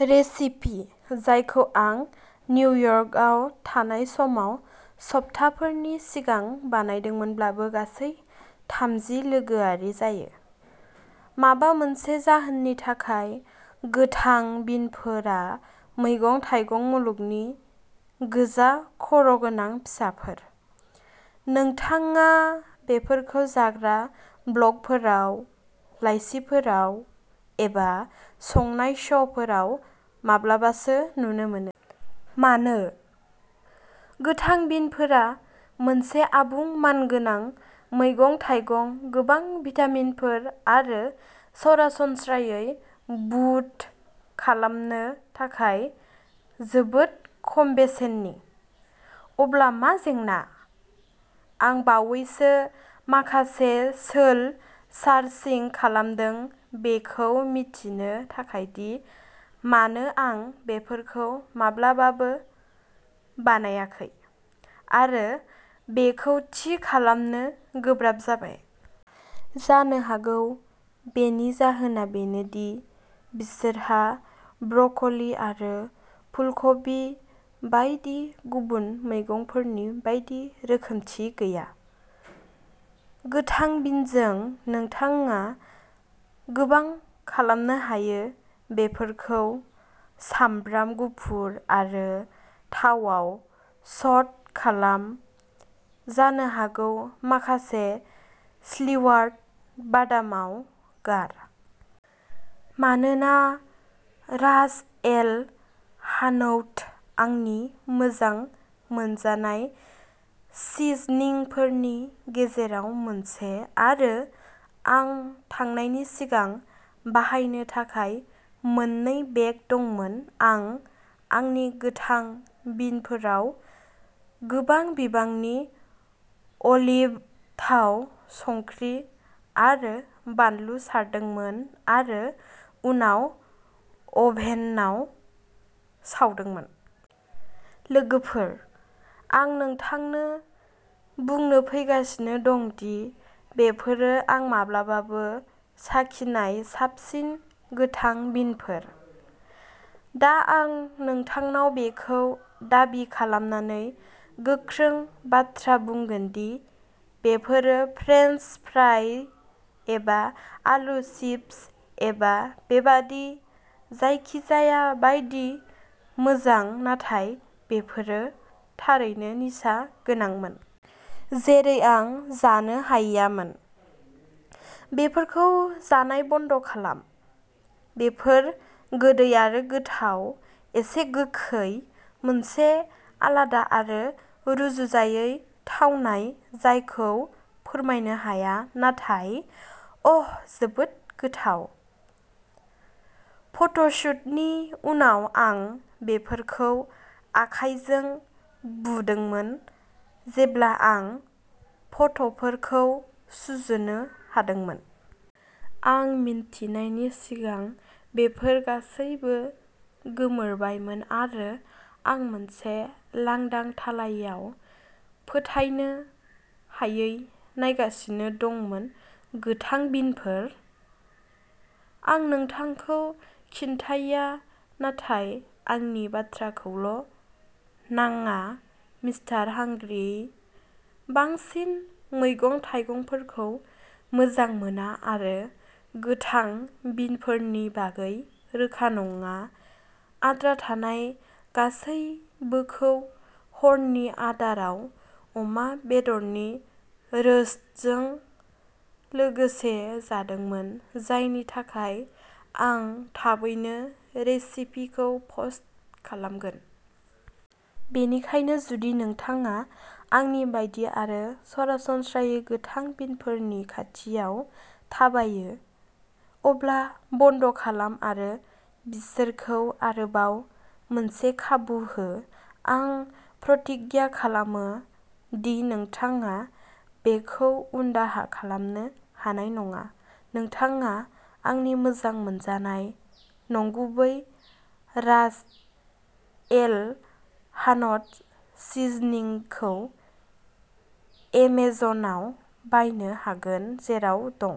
Recipe जायखौ आं निउयर्कआव थानाय समाव सप्ताहफोरनि सिगां बानायदोंमोनब्लाबो गासै थामजि लोगोआरि जायो। माबा मोनसे जाहोननि थाखाय, गोथां बिनफोरा मैगं-थाइगं मुलुगनि गोजा खर'गोनां फिसाफोर। नोंथाङा बेफोरखौ जाग्रा ब्लगफोराव, लाइसिफोराव, एबा संनाय श'फोराव माब्लाबासो नुनो मोनो। मानो? गोथां बिनफोरा मोनसे आबुं मानगोनां मैगं-थाइगं गोबां भिटामिनफोर आरो सरासनस्रायै बुट खालामनो थाखाय जोबोद खम बेसेननि। अब्ला मा जेंना? आं बावैसो माखासे सोल सार्चिं खालामदों बेखौ मिथिनो थाखाय दि मानो आं बेफोरखौ माब्लाबाबो बानायाखै, आरो बेखौ थि खालामनो गोब्राब जाबाय। जानो हागौ बेनि जाहोना बेनो दि बिसोरहा ब्रकलि आरो फुलकबि बायदि गुबुन मैगंफोरनि बायदि रोखोमथि गैया। गोथां बिनजों नोंथाङा गोबां खालामनो हायो बेफोरखौ सामब्राम गुफुर आरो थावाव स'ट खालाम, जानो हागौ माखासे स्लिवार्ड बादामआव गार। मानोना रास एल हानौत आंनि मोजां मोनजानाय सिजनिंफोरनि गेजेराव मोनसे, आरो आं थांनायनि सिगां बाहायनो थाखाय मोननै बेग दंमोन, आं आंनि गोथां बिनफोराव गोबां बिबांनि अलिभ थाव, संख्रि आरो बानलु सारदोंमोन, आरो उनाव अभेनआव सावदोंमोन। लोगोफोर, आं नोंथांनो बुंनो फैगासिनो दं दि बेफोरो आं माब्लाबाबो साखिनाय साबसिन गोथां बिनफोर। दा आं नोंथांनाव बेखौ दाबि खालामनानै गोख्रों बाथ्रा बुंगोन दि बेफोरो फ्रेन्स फ्राइ एबा आलु चिप्स एबा बेबादि जायखिजाया बायदि मोजां नाथाय बेफोरो थारैनो निसा गोनांमोन। जेरै आं जानो हायामोन। बेफोरखौ जानाय बन्द खालाम। बेफोर गोदै आरो गोथाव, एसे गोखै, मोनसे आलादा आरो रुजुजायै थावनाय जायखौ फोरमायनो हाया, नाथाय अ'ह जोबोद गोथाव। फट'शूटनि उनाव आं बेफोरखौ आखाइजों बुदोंमोन जेब्ला आं फट'फोरखौ सुजुनो हादोंमोन। आं मिन्थिनायनि सिगां बेफोर गासैबो गोमोरबायमोन आरो आं मोनसे लांदां थालायाव फोथायनो हायै नायगासिनो दंमोन गोथां बिनफोर? आं नोंखौ खिन्थाया नाथाय आंनि बाथ्राखौल' नाङा मिस्टार हांग्रि, बांसिन मैगं-थाइगंफोरखौ मोजां मोना आरो गोथां बिनफोरनि बागै रोखा नङा, आद्रा थानाय गासैबोखौ हरनि आदाराव अमा बेदरनि रोस्टजों लोगोसे जादोंमोन, जायनि थाखाय आं थाबैनो रेसिपिखौ पस्ट खालामगोन। बेनिखायनो जुदि नोंथाङा आंनि बायदि आरो सरासनस्रायै गोथां बिनफोरनि खाथियाव थाबायो, अब्ला बन्द खालाम आरो बिसोरखौ आरोबाव मोनसे खाबु हो आं प्रतिज्ञा खालामो दि नोंथाङा बेखौ उनदाहा खालामनो हानाय नङा नोंथाङा आंनि मोजां मोनजानाय नंगुबै रास एल हान'ट सिजनिंखौ एमेजनआव बायनो हागोन, जेराव दं।